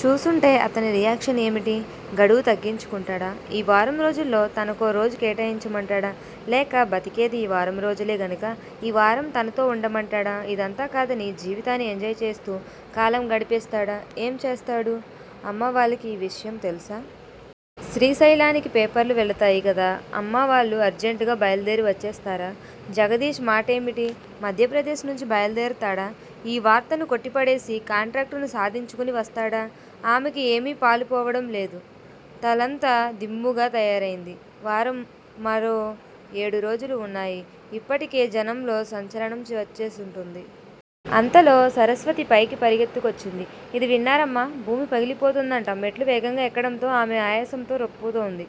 చూసుంటే అతని రియాక్షన్ ఏమిటి? గడువు తగ్గించుకుంటాడా? ఈ వారం రోజుల్లో తనకో రోజు కేటాయించమంటాడా? లేక బతికేది ఈ వారం రోజులే గనుక ఈ వారం తనతో వుండమంటాడా? ఇదంతా కాదని జీవితాన్ని ఎంజాయ్ చేస్తూ కాలం గడిపేస్తాడా? ఏం చేస్తాడు? అమ్మా వాళ్ళకి ఈ విషయం తెలుసా? శ్రీశైలానికి పేపర్లు వెళతాయి కదా అమ్మా వాళ్ళు అర్జంటుగా బయల్దేరి వచ్చేస్తారా? జగదీష్ మాటేమిటి? మధ్యప్రదేశ్ నుంచి బయల్దేరుతాడా? ఈ వార్తను కొట్టిపడేసి, కాంట్రాక్టును సాధించుకుని వస్తాడా? ఆమెకి ఏమీ పాలుపోవడం లేదు. తలంతా దిమ్ముగా తయారైంది. వారం మరో ఏడురోజులే వున్నాయి. ఇప్పటికే జనంలో సంచలనం వచ్చేసుంటుంది. అంతలో సరస్వతి పైకి పరుగెత్తికొచ్చింది. ఇది విన్నారమ్మా! భూమి పగిలిపోతుందట మెట్లు వేగంగా ఎక్కడంతో ఆమె ఆయాసంతో రొప్పుతోంది.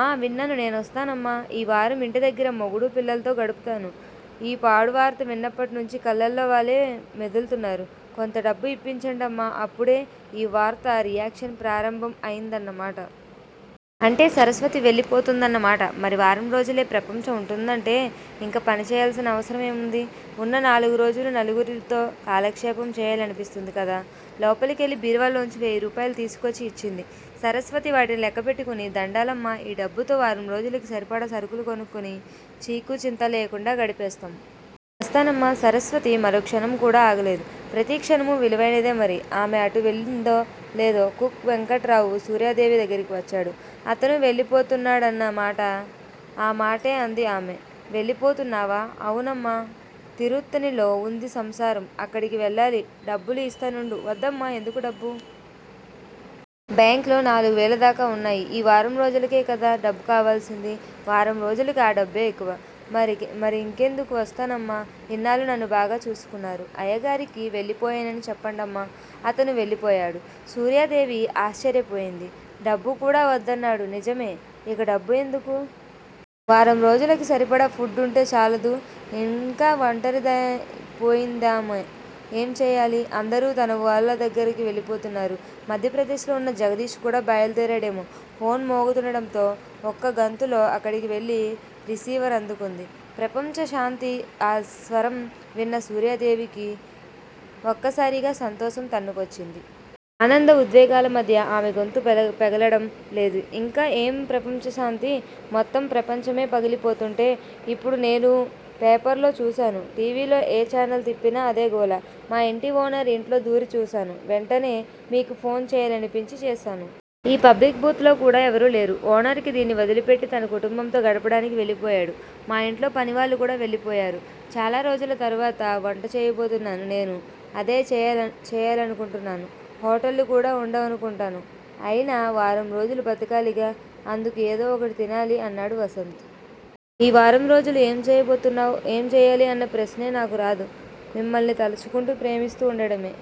ఆఁ విన్నాను నేనొస్తానమ్మా! ఈ వారం ఇంటి దగ్గర మొగుడూ, పిల్లల్తో గడుపుతాను. ఈ పాడువార్త విన్నప్పట్నుంచీ కళ్ళల్లో వాళ్ళే మెదులుతున్నారు కొంత డబ్బు ఇప్పించండమ్మా అప్పుడే ఈ వార్త రియాక్షన్ ప్రారంభం అయిందన్న మాట. అంటే సరస్వతి వెళ్ళి పోతుందన్న మాట. మరి వారంరోజులే ప్రపంచం వుంటుందంటే ఇంకా పనిచేయాల్సిన అవసరం ఏముంది? ఉన్న నాలుగు రోజులూ నలుగురితో కాలక్షేపం చేయాలనిపిస్తుంది కదా. లోపలికెళ్ళి బీరువాలోంచి వేయిరూపాయలు తీసుకొచ్చి ఇచ్చింది. సరస్వతి వాటిని లెక్క పెట్టుకుని- దండాలమ్మా ఈ డబ్బుతో వారంరోజులకి సరిపడా సరుకులు కొనుక్కుని చీకూ చింతా లేకుండా గడిపేస్తాం. వస్తానమ్మా సరస్వతి మరోక్షణం కూడా ఆగలేదు. ప్రతి క్షణమూ విలువైనదే మరి. ఆమె అటు వెళ్ళిందో లేదో కుక్ వెంకట్రావు సూర్యాదేవి దగ్గరికి వచ్చాడు అతనూ వెళ్ళిపోతున్నాడన్న మాట. ఆ మాటే అంది ఆమె- వెళ్ళిపోతున్నావా? అవునమ్మా తిరుత్తణిలో వుంది సంసారం అక్కడికి వెళ్ళాలి డబ్బులు ఇస్తానుండు వద్దమ్మా ఎందుకు డబ్బు? బ్యాంక్ లో నాలుగువేలదాకా వున్నాయి. ఈ వారం రోజులకే కదా డబ్బు కావాల్సింది. వారం రోజులకి ఆ డబ్బే ఎక్కువ. మరింకెందుకు? వస్తానమ్మా, ఇన్నాళ్ళూ నన్ను బాగా చూసుకున్నారు. అయ్యగారికి వెళ్ళిపోయానని చెప్పండమ్మా అతను వెళ్ళిపోయాడు. సూర్యాదేవి ఆశ్చర్యపోయింది. డబ్బు కూడా వద్దన్నాడు. నిజమే! ఇక డబ్బు ఎందుకు? వారం రోజులకి సరిపడా ఫుడ్ వుంటే చాలదూ. ఇంకా ఒంటరిధైపోయిందామె. ఏం చేయాలి? అందరూ తన వాళ్ళ దగ్గరికి వెళ్ళిపోతున్నారు. మధ్యప్రదేశ్ లో వున్నా జగదీష్ కూడా బయల్దేరాడేమో! ఫోన్ మోగుతుండడంతో ఒక్క గంతులో అక్కడికి వెళ్ళి రిసీవర్ అందుకుంది. ప్రపంచశాంతి ఆ స్వరం విన్న సూర్యాదేవికి ఒక్కసారిగా సంతోషం తన్నుకొచ్చింది. ఆనంద ఉద్వేగాల మధ్య ఆమె గొంతు పెగలడం లేదు. ఇంకా ఏం ప్రపంచశాంతి? మొత్తం ప్రపంచమే పగిలిపోతుంటే ఇప్పుడే నేనూ పేపర్లో చూశాను. టీవీలో ఏ ఛానల్ తిప్పినా అదే గోల మా ఇంటి ఓనర్ ఇంట్లో దూరి చూశాను. వెంటనే మీకు ఫోన్ చేయాలనిపించి చేశాను. ఈ పబ్లిక్ బూత్ లో కూడా ఎవరూ లేరు. ఓనర్ దీన్ని వదిలిపెట్టి తన కుటుంబంతో గడపడానికి వెళ్ళిపోయాడు మా ఇంట్లో పనివాళ్ళు కూడా వెళ్ళిపోయారు. చాలా రోజుల తరువాత వంట చేయబోతున్నాను నేనూ అదే చేయాలనుకుంటున్నాను. హోటళ్ళు కూడా వుండవను కుంటాను. అయినా వారం రోజులు బతకాలిగా అందుకు ఏదో ఒకటి తినాలి అన్నాడు వసంత్. ఈ వారం రోజులు ఏం చేయబోతున్నావ్? ఏం చేయాలి అన్న ప్రశ్నే నాకు రాదు మిమ్మల్ని తలుచుకుంటూ ప్రేమిస్తూ వుండడమే